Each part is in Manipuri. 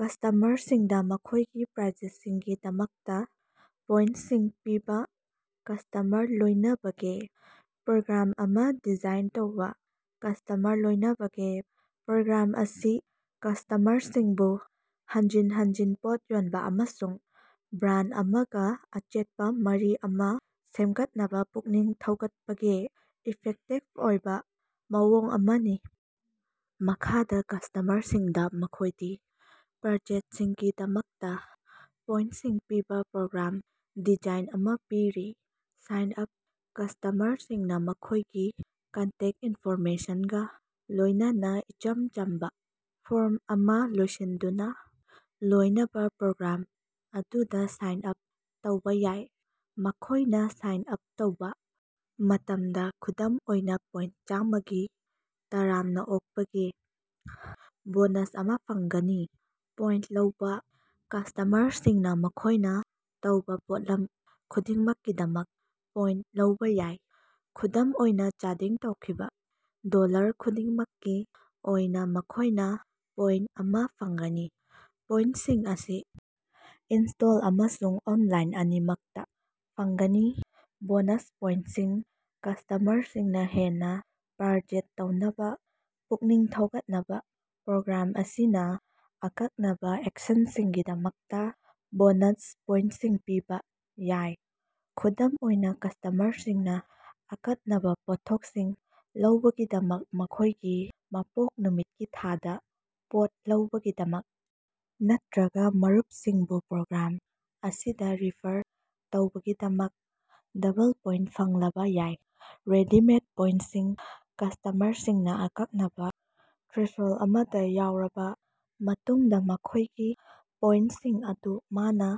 ꯀꯁ꯭ꯇꯃꯔꯁꯤꯡꯗ ꯃꯈꯣꯏꯒꯤ ꯄꯔꯆꯦꯖꯁꯤꯡꯒꯤꯗꯃꯛꯇ ꯄꯣꯏꯟꯇꯁꯤꯡ ꯄꯤꯕ ꯀꯁ꯭ꯇꯃꯔ ꯂꯣꯏꯅꯕꯒꯤ ꯄ꯭ꯔꯣꯒ꯭ꯔꯥꯝ ꯑꯃ ꯗꯤꯖꯥꯏꯟ ꯇꯧꯕ꯫ ꯀꯁ꯭ꯇꯃꯔ ꯂꯣꯏꯅꯕꯒꯤ ꯄ꯭ꯔꯣꯒ꯭ꯔꯥꯝ ꯑꯁꯤ ꯀꯁ꯭ꯇꯃꯔꯁꯤꯡꯕꯨ ꯍꯟꯖꯤꯟ ꯍꯟꯖꯤꯟ ꯄꯣꯠ ꯌꯣꯟꯕ ꯑꯃꯁꯨꯡ ꯕ꯭ꯔꯥꯟꯗ ꯑꯃꯒ ꯑꯆꯦꯠꯄ ꯃꯔꯤ ꯑꯃ ꯁꯦꯝꯒꯠꯅꯕ ꯄꯨꯛꯅꯤꯡ ꯊꯧꯒꯠꯄꯒꯤ ꯏꯐꯦꯛꯇꯤꯚ ꯑꯣꯏꯕ ꯃꯑꯣꯡ ꯑꯃꯅꯤ꯫ ꯃꯈꯥꯗ ꯀꯁ꯭ꯇꯃꯔꯁꯤꯡꯗ ꯃꯈꯣꯏꯒꯤ ꯄꯔꯆꯦꯖꯁꯤꯡꯒꯤꯗꯃꯛꯇ ꯄꯣꯏꯟꯇꯁꯤꯡ ꯄꯤꯕ ꯄ꯭ꯔꯣꯒ꯭ꯔꯥꯝ ꯗꯤꯖꯥꯏꯟ ꯑꯃ ꯄꯤꯔꯤ: ꯁꯥꯏꯟ ꯑꯥꯞ: ꯀꯁ꯭ꯇꯃꯔꯁꯤꯡꯅ ꯃꯈꯣꯏꯒꯤ ꯀꯟꯇꯦꯛꯇ ꯏꯟꯐꯣꯔꯃꯦꯁꯟꯒ ꯂꯣꯏꯅꯅ ꯏꯆꯝ ꯆꯝꯕ ꯐꯣꯔꯝ ꯑꯃ ꯂꯣꯏꯁꯤꯟꯗꯨꯅ ꯂꯣꯏꯅꯕꯤ ꯄ꯭ꯔꯣꯒ꯭ꯔꯥꯝ ꯑꯗꯨꯗ ꯁꯥꯏꯟ ꯑꯥꯞ ꯇꯧꯕ ꯌꯥꯏ꯫ ꯃꯈꯣꯏꯅꯥ ꯁꯥꯏꯟ ꯑꯥꯞ ꯇꯧꯕ ꯃꯇꯝꯗ ꯈꯨꯗꯝ ꯑꯣꯏꯅꯥ ꯄꯣꯏꯟꯇ ꯆꯥꯝꯃꯒꯤ ꯇꯔꯥꯝꯅ ꯑꯣꯛꯄꯒꯤ ꯕꯣꯅꯁ ꯑꯃ ꯐꯪꯒꯅꯤ꯫ ꯄꯣꯏꯟꯇ ꯂꯧꯕ: ꯀꯁ꯭ꯇꯃꯔꯁꯤꯡꯅ ꯃꯈꯣꯏꯅ ꯇꯧꯕ ꯄꯣꯠꯂꯝ ꯈꯨꯗꯤꯡꯃꯛꯀꯤꯗꯃꯛ ꯄꯣꯏꯟꯇ ꯂꯧꯕ ꯌꯥꯏ꯫ ꯈꯨꯗꯝ ꯑꯣꯏꯅ, ꯆꯥꯗꯤꯡ ꯇꯧꯈꯤꯕ ꯗꯣꯜꯂꯔ ꯈꯨꯗꯤꯡꯃꯛꯀꯤ ꯑꯣꯏꯅ ꯃꯈꯣꯏꯅ ꯄꯣꯏꯟꯇ ꯑꯃ ꯐꯪꯒꯅꯤ꯫ ꯄꯣꯏꯟꯇꯁꯤꯡ ꯑꯁꯤ ꯏꯟ-ꯁ꯭ꯇꯣꯔ ꯑꯃꯁꯨꯡ ꯑꯣꯅꯂꯥꯏꯟ ꯑꯅꯤꯃꯛꯇ ꯐꯪꯒꯅꯤ꯫ ꯕꯣꯅꯁ ꯄꯣꯏꯟꯇꯁꯤꯡ: ꯀꯁ꯭ꯇꯃꯔꯁꯤꯡꯅ ꯍꯦꯟꯅ ꯄꯔꯆꯦꯖ ꯇꯧꯅꯕ ꯄꯨꯛꯅꯤꯡ ꯊꯧꯒꯠꯅꯕ, ꯄ꯭ꯔꯣꯒ꯭ꯔꯥꯝ ꯑꯁꯤꯅ ꯑꯀꯛꯅꯕ ꯑꯦꯛꯁꯟꯁꯤꯡꯒꯤꯗꯃꯛꯇ ꯕꯣꯅꯁ ꯄꯣꯏꯟꯇꯁꯤꯡ ꯄꯤꯕ ꯌꯥꯏ꯫ ꯈꯨꯗꯝ ꯑꯣꯏꯅ ꯀꯁ꯭ꯇꯃꯔꯁꯤꯡꯅ ꯑꯀꯛꯅꯕ ꯄꯣꯠꯊꯣꯛꯁꯤꯡ ꯂꯧꯕꯒꯤꯗꯃꯛ, ꯃꯈꯣꯏꯒꯤ ꯃꯄꯣꯛ ꯅꯨꯃꯤꯠꯀꯤ ꯊꯥꯗ ꯄꯣꯠ ꯂꯩꯕꯒꯤꯗꯃꯛ ꯅꯠꯇ꯭ꯔꯒ ꯃꯔꯨꯄꯁꯤꯡꯕꯨ ꯄ꯭ꯔꯣꯒ꯭ꯔꯥꯝ ꯑꯁꯤꯗ ꯔꯤꯐꯔ ꯇꯧꯕꯒꯤꯗꯃꯛ ꯗꯕꯜ ꯄꯣꯏꯟꯇ ꯐꯪꯂꯕ ꯌꯥꯏ꯫ ꯔꯤꯗꯤꯃꯤꯡ ꯄꯣꯏꯟꯇꯁꯤꯡ: ꯀꯁ꯭ꯇꯃꯔꯁꯤꯡꯅ ꯑꯀꯛꯅꯕ ꯊ꯭ꯔꯦꯁꯍꯣꯜꯗ ꯑꯃꯗ ꯌꯧꯔꯕ ꯃꯇꯨꯡꯗ ꯃꯈꯣꯏꯒꯤ ꯄꯣꯏꯟꯇꯁꯤꯡ ꯑꯗꯨ ꯃꯅ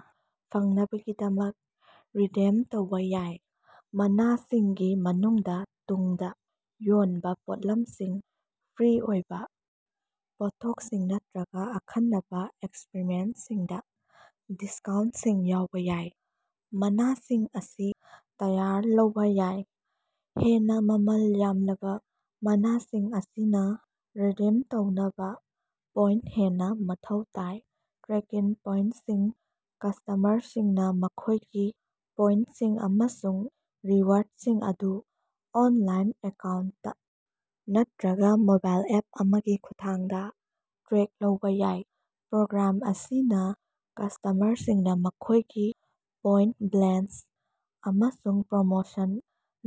ꯐꯪꯅꯕꯒꯤꯗꯃꯛ ꯔꯤꯗꯤꯝ ꯇꯧꯕ ꯌꯥꯏ꯫ ꯃꯅꯥꯁꯤꯡꯒꯤ ꯃꯅꯨꯡꯗ ꯇꯨꯡꯗ ꯌꯣꯟꯕ ꯄꯣꯠꯂꯝꯁꯤꯡ, ꯐ꯭ꯔꯤ ꯑꯣꯏꯕ ꯄꯣꯠꯊꯣꯛꯁꯤꯡ, ꯅꯠꯇꯈꯔꯒ ꯑꯈꯟꯅꯕ ꯑꯦꯛꯁꯄꯔꯤꯌꯦꯟꯁꯁꯤꯡꯗ ꯗꯤꯁꯀꯥꯎꯟꯇꯁꯤꯡ ꯌꯥꯎꯕ ꯌꯥꯏ꯫ ꯃꯅꯥꯁꯤꯡ ꯑꯁꯤ ꯇꯌꯥꯔ ꯇꯧꯕꯥ ꯌꯥꯏ꯫ ꯍꯦꯟꯅ ꯃꯃꯜ ꯌꯥꯝꯂꯕ ꯃꯅꯥꯁꯤꯡ ꯑꯁꯤꯅ ꯔꯤꯗꯤꯝ ꯇꯧꯅꯕ ꯄꯣꯏꯟꯇ ꯍꯦꯟꯅ ꯃꯊꯧ ꯇꯥꯏ꯫ ꯇ꯭ꯔꯦꯀꯤꯡ ꯄꯣꯏꯟꯇꯁꯤꯡ: ꯀꯁ꯭ꯇꯃꯔꯁꯤꯡꯅ ꯃꯈꯣꯏꯒꯤ ꯄꯣꯏꯟꯇꯁꯤꯡ ꯑꯃꯁꯨꯡ ꯔꯤꯋꯥꯔꯗꯁꯤꯡ ꯑꯗꯨ ꯑꯣꯅꯂꯥꯏꯟ ꯑꯦꯀꯥꯎꯟꯇ ꯅꯠꯇ꯭ꯔꯒ ꯃꯣꯕꯥꯏꯜ ꯑꯦꯞ ꯑꯃꯒꯤ ꯈꯨꯠꯊꯥꯡꯗ ꯇ꯭ꯔꯦꯛ ꯇꯧꯕ ꯌꯥꯏ꯫ ꯄ꯭ꯔꯣꯒ꯭ꯔꯥꯝ ꯑꯁꯤꯅ ꯀꯁ꯭ꯇꯃꯔꯁꯤꯡꯗ ꯃꯈꯣꯏꯒꯤ ꯄꯣꯏꯟꯇ ꯕꯦꯂꯦꯟꯁ ꯑꯃꯁꯨꯡ ꯄ꯭ꯔꯣꯃꯣꯁꯟ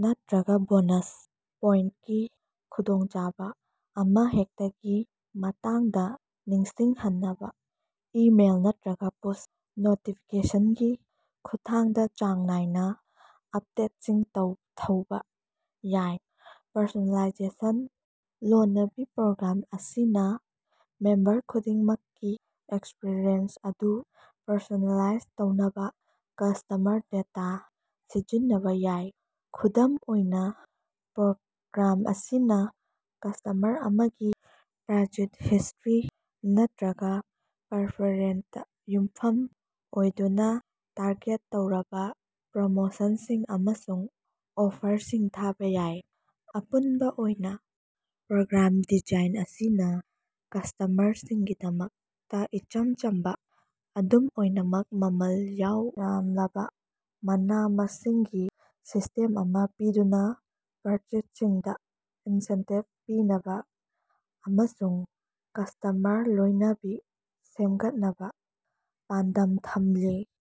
ꯅꯠꯇ꯭ꯔꯒ ꯕꯣꯅꯁ ꯄꯣꯏꯟꯇꯀꯤ ꯈꯨꯗꯣꯡꯆꯕꯥ ꯑꯃꯍꯦꯛꯇꯒꯤ ꯃꯇꯥꯡꯗ ꯅꯤꯡꯁꯤꯡꯍꯟꯅꯕ ꯏꯃꯦꯜ ꯅꯠꯇ꯭ꯔꯒ ꯄꯨꯁ ꯅꯣꯇꯤꯐꯤꯀꯦꯁꯟꯒꯤ ꯈꯨꯠꯊꯥꯡꯗꯥꯆꯥꯡ ꯅꯥꯏꯅ ꯑꯄꯗꯦꯠꯁꯤꯡ ꯊꯥꯕ ꯌꯥꯏ꯫ ꯄꯔꯁꯣꯅꯦꯂꯥꯏꯖꯦꯁꯟ: ꯂꯣꯏꯅꯕꯤ ꯄ꯭ꯔꯣꯒ꯭ꯔꯥꯝ ꯑꯁꯤꯅ ꯃꯦꯝꯕꯔ ꯈꯨꯗꯤꯡꯃꯛꯀꯤ ꯑꯦꯛꯁꯄꯔꯤꯌꯦꯟꯁ ꯑꯗꯨ ꯄꯔꯁꯣꯅꯦꯂꯥꯏꯖ ꯇꯧꯅꯕ ꯀꯁ꯭ꯇꯃꯔ ꯗꯦꯇꯥ ꯁꯤꯖꯤꯟꯅꯕ ꯌꯥꯏ꯫ ꯈꯨꯗꯝ ꯑꯣꯏꯅ, ꯄ꯭ꯔꯣꯒ꯭ꯔꯥꯝ ꯑꯁꯤꯅ ꯀꯁ꯭ꯇꯃꯔ ꯑꯃꯒꯤ ꯄꯔꯆꯦꯖ ꯍꯤꯁ꯭ꯇꯔꯤ ꯅꯠꯇ꯭ꯔꯒ ꯄꯔꯐꯦꯔꯦꯟꯁꯇ ꯌꯨꯝꯐꯝ ꯑꯣꯏꯗꯨꯅ ꯇꯥꯔꯒꯦꯠ ꯇꯧꯔꯕ ꯄ꯭ꯔꯣꯃꯣꯁꯟꯁꯤꯡ ꯑꯃꯁꯨꯡ ꯑꯣꯐꯔꯁꯤꯡ ꯊꯥꯕ ꯌꯥꯏ꯫ꯑꯄꯨꯟꯕ ꯑꯣꯏꯅ, ꯄ꯭ꯔꯣꯒ꯭ꯔꯥꯝ ꯗꯤꯖꯥꯏꯟ ꯑꯁꯤꯅ ꯀꯁ꯭ꯇꯃꯔꯁꯤꯡꯒꯤꯗꯃꯛꯇ ꯏꯆꯝ ꯆꯝꯕ, ꯑꯗꯨꯝ ꯑꯣꯏꯅꯃꯛ ꯃꯃꯜ ꯌꯥꯝꯂꯕ ꯃꯅꯥ-ꯃꯁꯤꯡꯒꯤ ꯁꯤꯁ꯭ꯇꯦꯝ ꯑꯃ ꯄꯤꯗꯨꯅ ꯄꯔꯆꯦꯖꯁꯤꯡꯗ ꯏꯟꯁꯦꯟꯇꯤꯕ ꯄꯤꯅꯕ ꯑꯃꯁꯨꯡ ꯀꯁ꯭ꯇꯃꯔ ꯂꯣꯏꯅꯕꯤ ꯁꯦꯝꯒꯠꯅꯕ ꯄꯥꯟꯗꯝ ꯊꯝꯂꯤ꯫